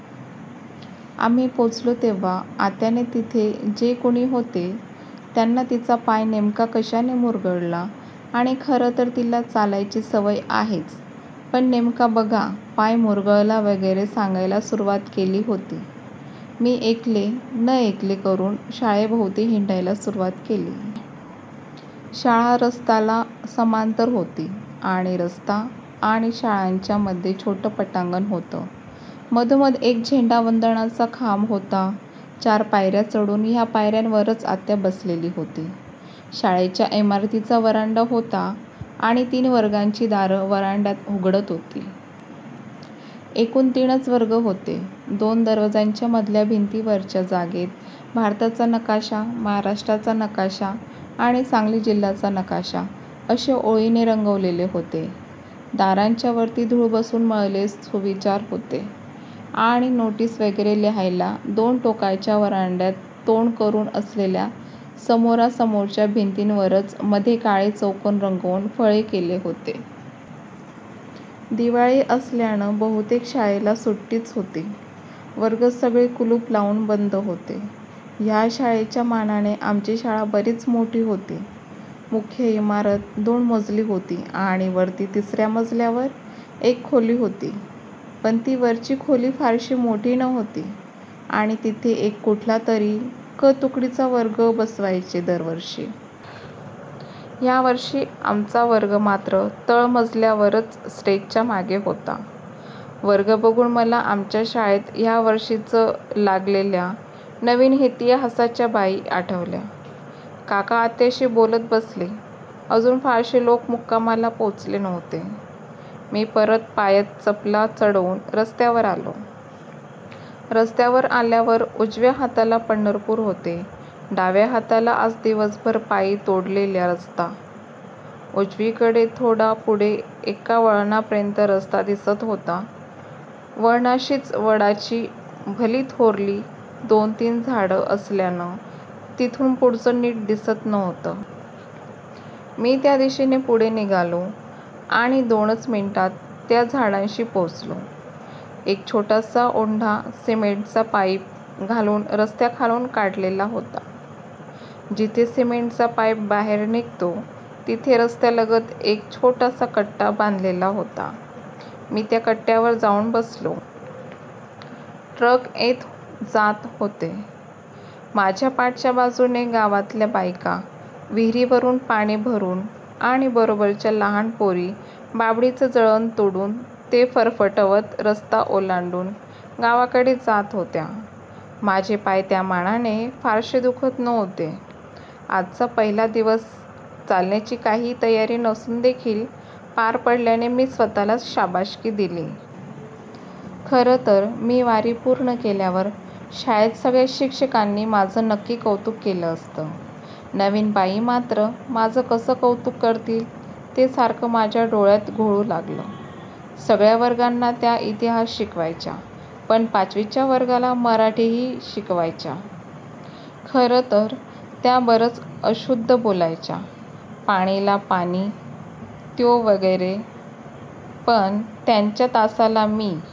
आम्ही पोचलो तेव्हा आत्याने तिथे जे कुणी होते त्यांना तिचा पाय नेमका कशाने मुरगळला आणि खरं तर तिला चालायची सवय आहेच पण नेमका बघा पाय मुरगळला वगैरे सांगायला सुरुवात केली होती. मी ऐकले न ऐकले करुन शाळेभोवती हिंडायला सुरुवात केली. शाळा रस्त्याला समांतर होती आणि रस्ता आणि शाळेच्यामध्ये छोटं पटांगण होतं. मधोमध एक झेंडावंदनाचा खांब होता. चार पायर्या चढून ह्या पायर्यांवरच आत्या बसलेली होती शाळेच्या इमारतीचा व्हरांडा होता आणि तीन वर्गांची दारं व्हरांड्यात उघडत होती. एकूण तीनच वर्ग होते. दोन दरवाजांच्या मधल्या भिंतीवरच्या जागेत भारताचा नकाशा, महाराष्ट्राचा नकाशा आणि सांगली जिल्ह्याचा नकाशा असे ओळीने रंगवलेले होते. दारांच्यावरती धूळ बसून मळलेले सुविचार होते आणि नोटीस वगैरे लिहायला दोन टोकाच्या व्हरांड्यात तोंड करुन असलेल्या समोरासमोरच्या भिंतींवरच मधे काळे चौकोन रंगवून फळे केले होते. दिवाळी असल्यानं बहुतेक शाळेला सुट्टीच होती. वर्ग सगळे कुलुपं लावून बंद होते. ह्या शाळेच्या मानाने आमची शाळा बरीच मोठी होती. मुख्य इमारत दोन मजली होती आणि वरती तिसर्या मजल्यावर एक खोली होती. पण ती वरची खोली फारशी मोठी नव्हती आणि तिथे एक कुठलातरी क तुकडीचा वर्गच बसवायचे दर वर्षी. ह्यावर्षी आमचा वर्ग मात्र तळ मजल्यावारच स्टेजच्या मागे होता. वर्ग बघून मला आमच्या शाळेत ह्यावर्षीच लागलेल्या नवीन इतिहासाच्या बाई आठवल्या. काका आत्याशी बोलत बसले. अजून फारशे लोक मुक्कामाला पोचले नव्ह्ते. मी परत पायात चपला चढवून रस्त्यावर आलो. रस्त्यावर आल्यावर उजव्या हाताला पंढरपूर होते. डाव्या हाताला आज दिवसभर पायी तोडलेला रस्ता. उजवीकडे थोडा पुढे एका वळणापर्यंत रस्ता दिसत होता. वळणाशीच वडाची भली थोरली दोन-तीन झाडं असल्यानं तिथून पुढचं नीट दिसत नव्हतं. मी त्या दिशेने पुढे निघालो आणि दोनच मिनिटात त्या झाडांशी पोचलो. एक छोटासा ओढा सिमेंटचा पाईप घालून रस्त्याखालून काढलेला होता. जिथे सिमेंटचा पाईप बाहेर निघतो तिथे रस्त्यालगत एक छोटासा कट्टा बांधलेला होता. मी त्या कट्ट्यावर जाउन बसलो. ट्रक येत जात होते. माझ्या पाठच्या बाजूने गावातल्या बायका विहीरवरुन पाणी भरुन आणि बरोबरच्या लहान पोरी बाभळीचं जळण तोडून ते फरपटवत रस्ता ओलांडून गावाकडे जात होत्या. माझे पाय त्यामानाने फारशे दुखत नव्हते. आजचा पहिला दिवस चालण्याची काहीही तयारी नसून देखील पार पडल्याने मी स्वत:लाच शाबासकी दिली. खरं तर मी वारी पूर्ण केल्यावर शाळेत सगळ्या शिक्षकांनी माझं नक्की कौतुक केलं असतं. नवीन बाई मात्र माझं कसं कौतुक करतील ते सारखं माझ्या डोक्यात घोळू लागलं. सगळ्या वर्गांना त्या इतिहास शिकवायच्या. पण पाचवीच्या वर्गाला मराठीही शिकवायच्या. खरं तर त्या बरच अशुद्ध बोलायच्या. पाणीला पानी, त्यो वगैरे. पण त्यांच्या तासाला मी